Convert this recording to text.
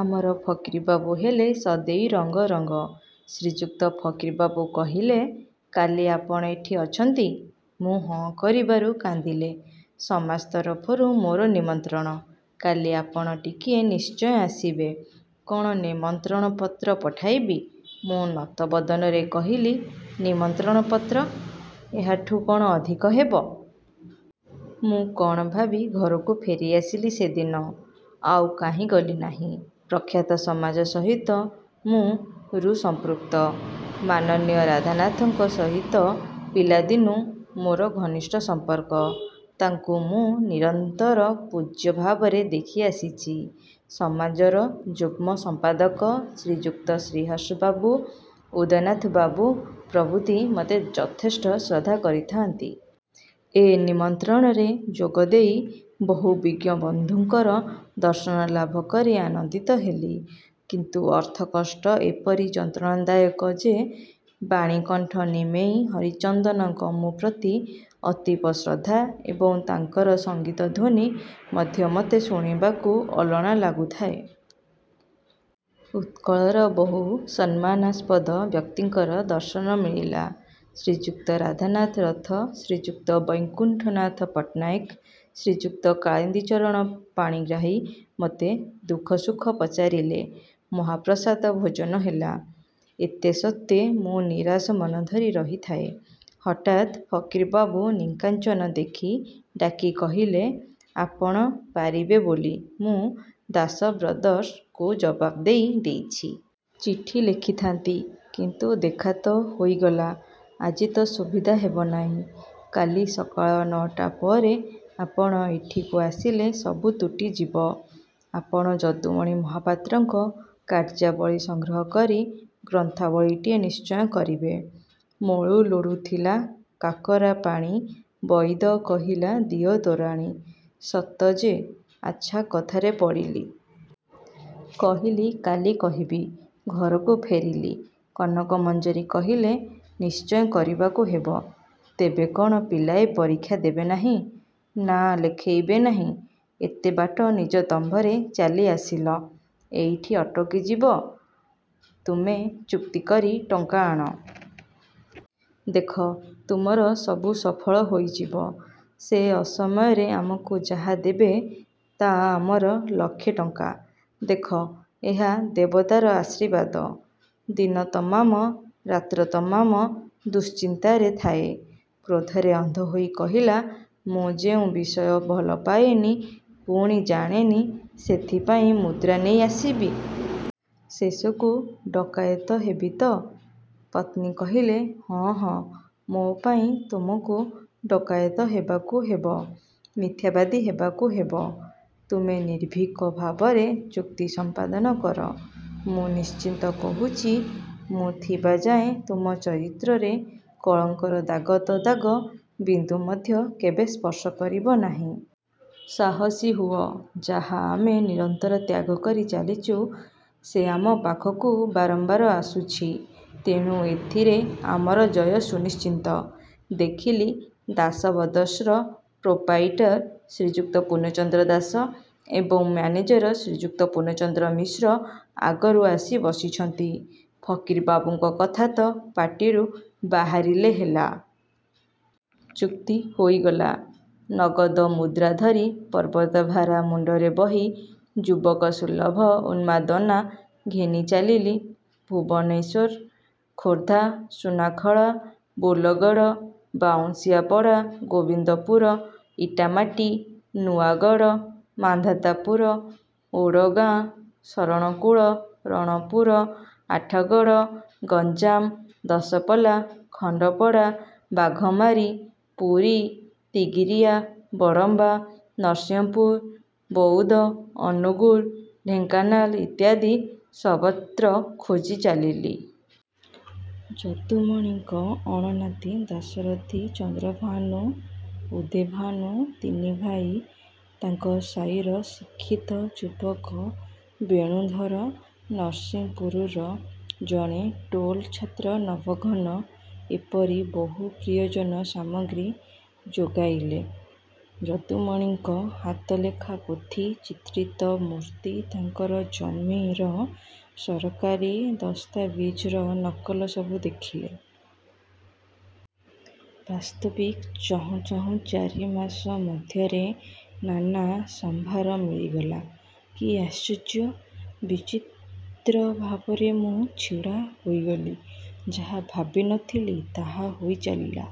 ଆମର ଫକୀର ବାବୁ ହେଲେ-'ସଦୈ ରଙ୍ଗ ରଙ୍ଗ। ' ଶ୍ରୀଯୁକ୍ତ ଫକୀର ବାବୁ କହିଲେ-'କାଲି ଆପଣ ଏଠି ଅଛନ୍ତି? ' ମୁଁ ହଁ କରିବାରୁ କାନ୍ଦିଲେ-''ସମାଜ ତରଫରୁ ମୋର ନିମନ୍ତ୍ରଣ, କାଲି ଆପଣ ଟିକିଏ ନିଶ୍ଚୟ ଆସିବେ। କଣ ନିମନ୍ତ୍ରଣ ପତ୍ର ପଠାଇବି? " ମୁଁ ନତ ବଦନରେ କହିଲି-'ନିମନ୍ତ୍ରଣ ପତ୍ର ଏହାଠୁ କଣ ଅଧିକ ହେବ? ' ମୁଁ କଣ ଭାବି ଘରକୁ ଫେରିଆସିଲି ସେଦିନ। ଆଉ କାହିଁ ଗଲି ନାହିଁ। ପ୍ରଖ୍ୟାତ 'ସମାଜ' ସହିତ ମୁଁ। ରୁ ସଂପୃକ୍ତ। ମାନନୀୟ ରାଧାନାଥ ରଥଙ୍କ ସହିତ ପିଲାଦିନୁଁ ମୋର ଘନିଷ୍ଠ ସଂପର୍କ। ତାଙ୍କୁ ମୁଁ ନିରନ୍ତର ପୂଜ୍ୟ ଭାବରେ ଦେଖିଆସିଛି। 'ସମାଜ'ର ଯୁଗ୍ମ ସମ୍ପାଦକ ଶ୍ରୀଯୁକ୍ତ ଶ୍ରୀହର୍ଷ ବାବୁ, ଉଦୟନାଥ ବାବୁ ପ୍ରଭୃତି ମତେ ଯଥେଷ୍ଟ ଶ୍ରଦ୍ଧା କରିଥାନ୍ତି। ଏ ନିମନ୍ତ୍ରଣରେ ଯୋଗ ଦେଇ ବହୁ ବିଜ୍ଞ ବନ୍ଧୁଙ୍କର ଦର୍ଶନ ଲାଭ କରି ଆନନ୍ଦିତ ହେଲି। କିନ୍ତୁ ଅର୍ଥ କଷ୍ଟ ଏପରି ଯନ୍ତ୍ରଣାଦାୟକ ଯେ ବାଣୀକଣ୍ଠ ନିମେଇ ହରିଚନ୍ଦନଙ୍କ ମୋ ପ୍ରତି ଅତୀବ ଶ୍ରଦ୍ଧା ଏବଂ ତାଙ୍କର ସଙ୍ଗୀତ ଧ୍ୱନି ମଧ୍ୟ ମୋତେ ଶୁଣିବାକୁ ଅଲଣା ଲାଗୁଥାଏ। ଉତ୍କଳର ବହୁ ସମ୍ମାନାସ୍ପଦ ବ୍ୟକ୍ତିଙ୍କର ଦର୍ଶନ ମିଳିଲା। ଶ୍ରୀଯୁକ୍ତ ରାଧାନାଥ ରଥ, ଶ୍ରୀଯୁକ୍ତ ବୈକୁଣ୍ଠନାଥ ପଟ୍ଟନାୟକ, ଶ୍ରୀଯୁକ୍ତ କାଳିନ୍ଦୀଚରଣ ପାଣିଗ୍ରାହୀ ମତେ ଦୁଃଖ ସୁଖ ପଚାରିଲେ। ମହାପ୍ରସାଦ ଭୋଜନ ହେଲା। ଏତେ ସତ୍ତ୍ୱେ ମୁଁ ନିରାଶ ମନଧରି ରହିଥାଏ। ହଠାତ୍ ଫକୀରବାବୁ ନିକାଞ୍ଚନ ଦେଖି ଡାକି କହିଲେ-''ଆପଣ ପାରିବେ ବୋଲି ମୁଁ ''ଦାସ ବ୍ରଦର୍ସ"ଙ୍କୁ ଜବାବ୍ ଦେଇ ଦେଇଛି। ଚିଠି ଲେଖିଥାନ୍ତି, କିନ୍ତୁ ଦେଖା ତ ହୋଇଗଲା ଆଜି ତ ସୁବିଧା ହେବନାହିଁ। କାଲି ସକାଳ ନଅଟା ପରେ ଆପଣ ଏଠିକୁ ଆସିଲେ ସବୁ ତୁଟିଯିବ। ଆପଣ ଯଦୁମଣି ମହାପାତ୍ରଙ୍କ କାର୍ଯ୍ୟାବଳୀ ସଂଗ୍ରହ କରି ଗ୍ରନ୍ଥାବଳୀଟିଏ ନିଶ୍ଚୟ କରିବେ। " ମଳୁ ଲୋଡ଼ୁଥିଲା କାକର ପାଣି ବଇଦ କହିଲା ଦିଅ ତୋରାଣି- ସତ ଯେ, ଆଚ୍ଛା କଥାରେ ପଡ଼ିଲି। କହିଲି-'କାଲି କହିବି। ' ଘରକୁ ଫେରିଲି। କନକ ମଞ୍ଜରୀ କହିଲେ-'ନିଶ୍ଚୟ କରିବାକୁ ହେବ। ତେବେ କଣ ପିଲାଏ ପରିକ୍ଷା ଦେବେ ନାହିଁ, ନାଁ ଲେଖାଇବେ ନାହିଁ? ଏତେ ବାଟ ନିଜ ଦମ୍ଭରେ ଚାଲି ଆସିଲ। ଏଇଠି ଅଟକି ଯିବ? ତୁମେ ଚୁକ୍ତି କରି ଟଙ୍କା ଆଣ। ଦେଖ, ତୁମର ସବୁ ସଫଳ ହୋଇଯିବ। ସେ ଅସମୟରେ ଆମକୁ ଯାହା ଦେବେ, ତା ଆମର ଲକ୍ଷେ ଟଙ୍କା। ଦେଖ, ଏହା ଦେବତାର ଆଶୀର୍ବାଦ। ' ଦିନ ତମାମ, ରାତ୍ର ତମାମ ଦୁଶ୍ଚିନ୍ତାରେ ଥାଏ। କ୍ରୋଧରେ ଅନ୍ଧ ହୋଇ କହିଲା-ମୁଁ ଯେଉଁ ବିଷୟ ଭଲ ପାଏନି ପୁଣି ଜାଣେନି, ସେଥିପାଇଁ ମୁଦ୍ରା ନେଇ ଆସିବି? ଶେଷକୁ ଡକାଏତ ହେବି ତ? ପତ୍ନୀ କହିଲେ-ହଁ, ହଁ, ମୋ ପାଇଁ ତୁମକୁ ଡକାଏତ ହେବାକୁ ହେବ। ମିଥ୍ୟାବାଦୀ ହେବାକୁ ହେବ। ତୁମେ ନିର୍ଭୀକ ଭାବରେ ଚୁକ୍ତି ସଂପାଦନ କର। ମୁଁ ନିଶ୍ଚିତ କହୁଛି, ମୁଁ ଥିବା ଯାଏ ତୁମ ଚରିତ୍ରରେ କଳଙ୍କର ଦାଗ ତ ଦାଗ ବିନ୍ଦୁ ମଧ୍ୟ କେବେ ସ୍ପର୍ଶ କରିବ ନାହିଁ। ସାହସୀ ହୁଅ। ଯାହା ଆମେ ନିରନ୍ତର ତ୍ୟାଗ କରି ଚାଲିଚୁଁ, ସେ ଆମ ପାଖକୁ ବାରମ୍ବାର ଆସୁଛି। ତେଣୁ ଏଥିରେ ଆମର ଜୟ ସୁନିଶ୍ଚିତ। ଦେଖିଲି-'ଦାସ ବ୍ରଦର୍ସ'ର ପ୍ରୋପ୍ରାଇଟର ଶ୍ରୀଯୁକ୍ତ ପୂର୍ଣ୍ଣଚନ୍ଦ୍ର ଦାସ ଏବଂ ମାନେଜର ଶ୍ରୀଯୁକ୍ତ ପୂର୍ଣ୍ଣଚନ୍ଦ୍ର ମିଶ୍ର ଆଗରୁ ଆସି ବସିଛନ୍ତି। ଫକୀର ବାବୁଙ୍କ କଥା ତ ପାଟିରୁ ବାହାରିଲେ ହେଲା। ଚୁକ୍ତି ହୋଇଗଲା।। ନଗଦ ମୁଦ୍ରା ଧରି ପର୍ବତଭାରା ମୁଣ୍ଡରେ ବହି ଯୁବକସୁଲଭ ଉନ୍ମାଦନା ଘେନି ଚାଲିଲି ଭୁବନେଶ୍ୱର, ଖୋର୍ଦ୍ଧା, ସୁନାଖଳା, ବୋଲଗଡ଼, ବାଉଁଶିଆପଡ଼ା, ଗୋବିନ୍ଦପୁର, ଇଟାମାଟି, ନୂଆଗଡ଼, ମାନ୍ଧାତାପୁର, ଓଡ଼ଗାଁ, ଶରଣକୁଳ, ରଣପୁର, ଆଠଗଡ଼, ଗଞ୍ଜାମ ଦଶପଲ୍ଲା, ଖଣ୍ଡପଡ଼ା, ବାଘମାରୀ, ପୁରୀ, ତିଗିରିଆ, ବଡ଼ମ୍ବା, ନରସିଂହପୁର, ବୌଦ, ଅନୁଗୁଳ, ଢେଙ୍କାନାଳ ଇତ୍ୟାଦି ସର୍ବତ୍ର ଖୋଜି ଚାଲିଲି। ଯଦୁମଣିଙ୍କ ଅଣନାତି ଦାଶରଥି, ଚନ୍ଦ୍ରଭାନୁ, ଉଦେଭାନୁ ତିନି ଭାଇ, ତାଙ୍କ ସାଇର ଶିକ୍ଷିତ ଯୁବକ ବେଣୁଧର, ନରସିଂହପୁରର ଜଣେ ଟୋଲ ଛାତ୍ର ନବଘନ ଏପରି ବହୁ ପ୍ରିୟଜନ ସାମଗ୍ରୀ ଯୋଗାଇଲେ। ଯଦୁମଣିଙ୍କ ହାତଲେଖା ପୋଥି, ଚିତ୍ରିତ ମୂର୍ତ୍ତି, ତାଙ୍କର ଜମିର ସରକାରୀ ଦସ୍ତାବିଜର ନକଲ ସବୁ ଦେଖିଲି। ବାସ୍ତବିକ୍ ଚାହୁଁ ଚାହୁଁ ଚାରି ମାସ ମଧ୍ୟରେ ନାନା ସମ୍ଭାର ମିଳିଗଲା। କି ଆଶ୍ଚର୍ଯ୍ୟ! ବିଚିତ୍ର ଭାବରେ ମୁଁ ଛିଡ଼ା ହୋଇଗଲି। ଯାହା ଭାବି ନ ଥିଲି, ତାହା ହୋଇ ଚାଲିଲା।